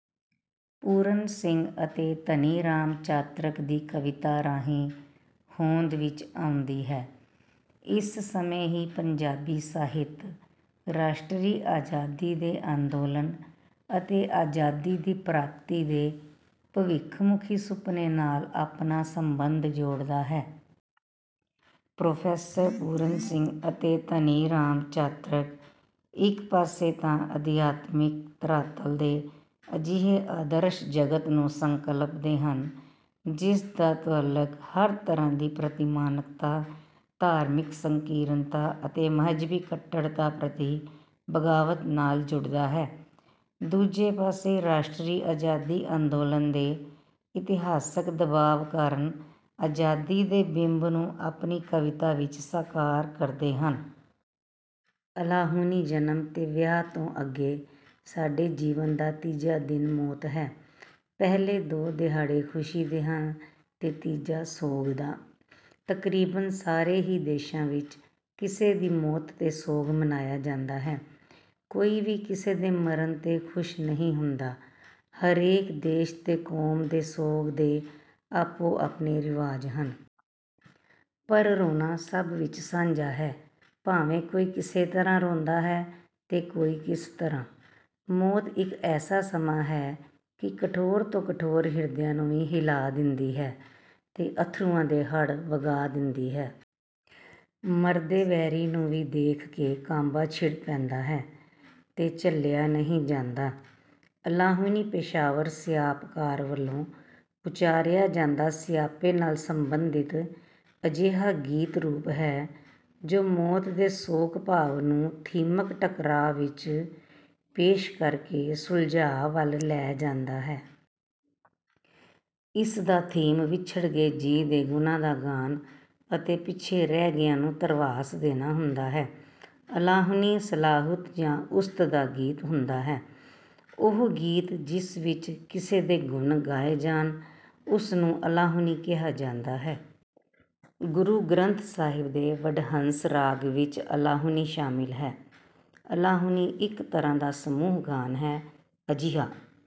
ਪੂਰਨ ਸਿੰਘ ਅਤੇ ਧਨੀ ਰਾਮ ਚਾਤ੍ਰਿਕ ਦੀ ਕਵਿਤਾ ਰਾਹੀਂ ਹੋਂਦ ਵਿੱਚ ਆਉਂਦੀ ਹੈ। ਇਸ ਸਮੇਂ ਹੀ ਪੰਜਾਬੀ ਸਾਹਿਤ ਰਾਸ਼ਟਰੀ ਆਜ਼ਾਦੀ ਦੇ ਅੰਦੋਲਨ ਅਤੇ ਆਜ਼ਾਦੀ ਦੀ ਪ੍ਰਾਪਤੀ ਦੇ ਭਵਿੱਖਮੁੱਖੀ ਸੁਪਨੇ ਨਾਲ ਆਪਣਾ ਸੰਬੰਧ ਜੋੜਦਾ ਹੈ। ਪ੍ਰੋਫੈਸਰ ਪੂਰਨ ਸਿੰਘ ਅਤੇ ਧਨੀ ਰਾਮ ਚਾਤ੍ਰਿਕ ਇੱਕ ਪਾਸੇ ਤਾਂ ਅਧਿਆਤਮਕ ਧਰਾਤਲ ਤੇ ਅਜਿਹੇ ਆਦਰਸ਼ ਜਗਤ ਨੂੰ ਸੰਕਲਪਦੇ ਹਨ ਜਿਸਦਾ ਤੁਅੱਲਕ ਹਰ ਤਰ੍ਹਾਂ ਦੀ ਪ੍ਰਤਿਮਾਨਕਤਾ ਧਾਰਮਿਕ ਸੰਕੀਰਣਤਾ ਅਤੇ ਮਜ਼ਹਬੀ ਕੱਟੜਤਾ ਪ੍ਰਤਿ ਬਗਾਵਤ ਨਾਲ ਜੁੜਦਾ ਹੈ ਦੂਜੇ ਪਾਸੇ ਰਾਸ਼ਟਰੀ ਆਜ਼ਾਦੀ ਅੰਦੋਲਨ ਦੇ ਇਤਿਹਾਸਕ ਦਬਾਅ ਕਾਰਨ ਆਜ਼ਾਦੀ ਦੇ ਬਿੰਬ ਨੂੰ ਆਪਣੀ ਕਵਿਤਾ ਵਿੱਚ ਸਾਕਾਰ ਕਰਦੇ ਹਨ। ਅਲਾਹੁਣੀ ਜਨਮ ਤੇ ਵਿਆਹ ਤੋਂ ਅੱਗੇ ਸਾਡੇ ਜੀਵਨ ਦਾ ਤੀਜਾ ਦਿਨ ਮੌਤ ਹੈ। ਪਹਿਲੇ ਦੋ ਦਿਹਾੜੇ ਖੁਸ਼ੀ ਦੇ ਹਨ ਤੇ ਤੀਜਾ ਸੋਗ ਦਾ। ਤਕਰੀਬਨ ਸਾਰੇ ਹੀ ਦੇਸ਼ਾਂ ਵਿੱਚ ਕਿਸੇ ਦੀ ਮੌਤ ਤੇ ਸੋਗ ਮਨਾਇਆ ਜਾਂਦਾ ਹੈ ਕੋਈ ਵੀ ਕਿਸੇ ਦੇ ਮਰਨ ਤੇ ਖੁਸ਼ ਨਹੀਂ ਹੁੰਦਾ ਹਰੇਕ ਦੇਸ਼ ਤੇ ਕੌਮ ਦੇ ਸੋਗ ਦੇ ਆਪੋ ਆਪਣੇ ਰਿਵਾਜ਼ ਹਨ। ਪਰ ਰੋਣਾ ਸਭ ਵਿੱਚ ਸਾਂਝਾ ਹੈ ਭਾਵੇਂ ਕੋਈ ਕਿਸੇ ਤਰ੍ਹਾਂ ਰੋਂਦਾ ਹੈ ਤੇ ਕੋਈ ਕਿਸ ਤਰ੍ਹਾਂ। ਮੌਤ ਇੱਕ ਐਸਾ ਸਮਾਂ ਹੈ ਕਿ ਕਠੋਰ ਤੋਂ ਕਠੋਰ ਹਿਰਦਿਆਂ ਨੂੰ ਵੀ ਹਿਲਾ ਦਿੰਦੀ ਹੈ ਤੇ ਅਥਰੂਆਂ ਦੇ ਹੜ੍ਹ ਵਗਾ ਦਿੰਦੀ ਹੈ। ਮਰਦੇ ਵੈਰੀ ਨੂੰ ਵੀ ਦੇਖ ਕੇ ਕਾਂਬਾ ਛਿੜ ਪੈਂਦਾ ਹੈ ਤੇ ਝੱਲਿਆ ਨਹੀਂ ਜਾਂਦਾ। ਅਲਾਹੁਣੀ ਪੇਸ਼ਾਵਰ ਸਿਆਪਕਾਰ ਵੱਲੋਂ ਉੱਚਾਰਿਆ ਜਾਂਦਾ ਸਿਆਪੇ ਨਾਲ ਸੰਬੰਧਿਤ ਅਜੇਹਾ ਗੀਤ ਰੂਪ ਹੈ ਜੋ ਮੌਤ ਦੇ ਸ਼ੋਕ ਭਾਵ ਨੂੰ ਥੀਮਕ ਟਕਰਾਅ ਵਿੱਚ ਪੇਸ਼ ਕਰ ਕੇ ਸੁਲਝਾਅ ਵੱਲ ਲੈ ਜਾਂਦਾ ਹੈ। ਇਸ ਦਾ ਥੀਮ ਵਿਛੜ ਗਏ ਜੀਅ ਦੇ ਗੁਣਾਂ ਦਾ ਗਾਨ ਅਤੇ ਪਿੱਛੇ ਰਹਿ ਗਿਆ ਨੂੰ ਧਰਵਾਸ ਦੇਣਾ ਹੁੰਦਾ ਹੈ। ਅਲਾਹੁਣੀ ਸਲਾਹੁਤ ਜਾਂ ਉਸਤਿ ਦਾ ਗੀਤ ਹੁੰਦਾ ਹੈ। ਉਹ ਗੀਤ ਜਿਸ ਵਿੱਚ ਕਿਸੇ ਦੇ ਗੁਣ ਗਾਏ ਜਾਣ ਉਸ ਨੂੰ ਅਲਾਹੁਣੀ ਕਿਹਾ ਜਾਂਦਾ ਹੈ। ਗੁਰੂ ਗ੍ਰੰਥ ਸਾਹਿਬ ਦੇ ਵਡਹੰਸ ਰਾਗ ਵਿੱਚ ਅਲਾਹੁਣੀ ਸ਼ਾਮਿਲ ਹੈ। ਅਲਾਹੁਣੀ ਇੱਕ ਤਰ੍ਹਾਂ ਦਾ ਸਮੂਹ ਗਾਨ ਹੈ ਅਜਿਹਾ